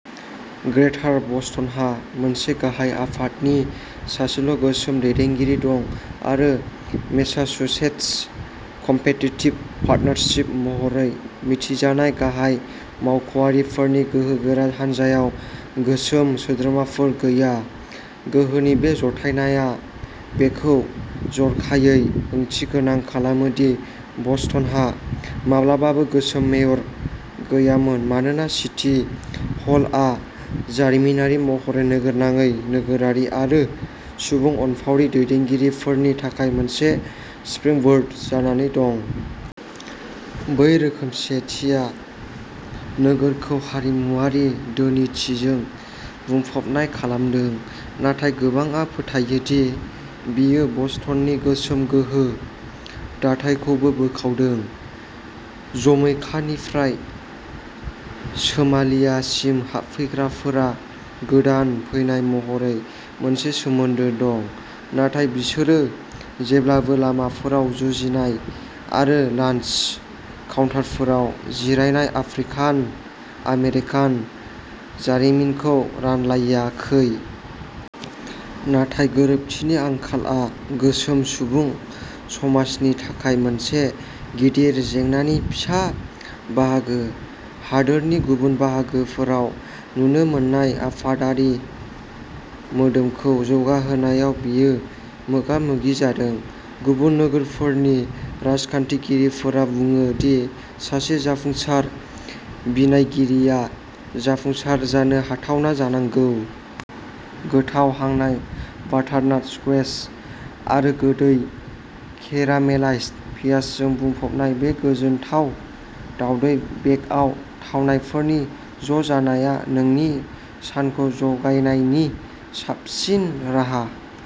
ग्रेटार बस्टनहा मोनसे गाहाय आफादनि सासेल'गोसोम दैदेनगिरि दं। आरो मेसाचुसेट्स कम्पिटिटिभ पार्टनारशिप महरै मिथिजानाय गाहाय मावख'आरिफोरनि गोहोगोरा हानजायाव गोसोम सोद्रोमाफोर गैया। गोहोनि बे ज'थायनाया बेखौ जर'खायै ओंथिगोनां खालामो दि बस्टनहा माब्लाबाबो गोसोम मेयर गैयामोन, मानोना सिटी हलआ जारिमिनारि महरै नोगोरनाङै नोगोरारि आरो सुबुं अनफावरि दैदेनगिरिफोरनि थाखाय मोनसे स्प्रिंबोर्ड जानानै दं। बै रोखोमसेथिया नोगोरखौ हारिमुआरि धोनिथिजों बुंफबनाय खालामदों, नाथाय गोबांआ फोथायो दि बेयो बस्टननि गोसोम गोहो दाथायखौबो बोखावदों। जमैकानिफ्राय सोमालियासिम हाबफैग्राफोरा गोदान फैनाय महरै मोनसे सोमोन्दो दं, नाथाय बिसोरो जेब्लाबो लामाफोराव जुजिनाय आरो लान्स काउन्टारफोराव जिरायनाय आफ्रिकान-आमेरिकान जारिमिनखौ रानलायाखै। नाथाय गोरोबथिनि आंखालआ गोसोम सुबुं समाजनि थाखाय मोनसे गिदिर जेंनानि फिसा बाहागोः हादोरनि गुबुन बाहागोफोराव नुनो मोननाय आफादारि मोदोमखौ जौगाहोनायाव बेयो मोगा-मोगि जादों। गुबुन नोगोरफोरनि राजखान्थिगिरिफोरा बुङो दि सासे जाफुंसार बिनायगिरिया जाफुंसार जानो हाथावना जानांगौ। गोथाव हांनाय बाटारनाट स्क्वैश आरो गोदै केरामेलाइज्ड पियाजजों बुंफबनाय, बे गोजोनथाव दावदै बेकआव थावनायफोरनि ज'जानाया नोंनि सानखौ जागायनायनि साबसिन राहा।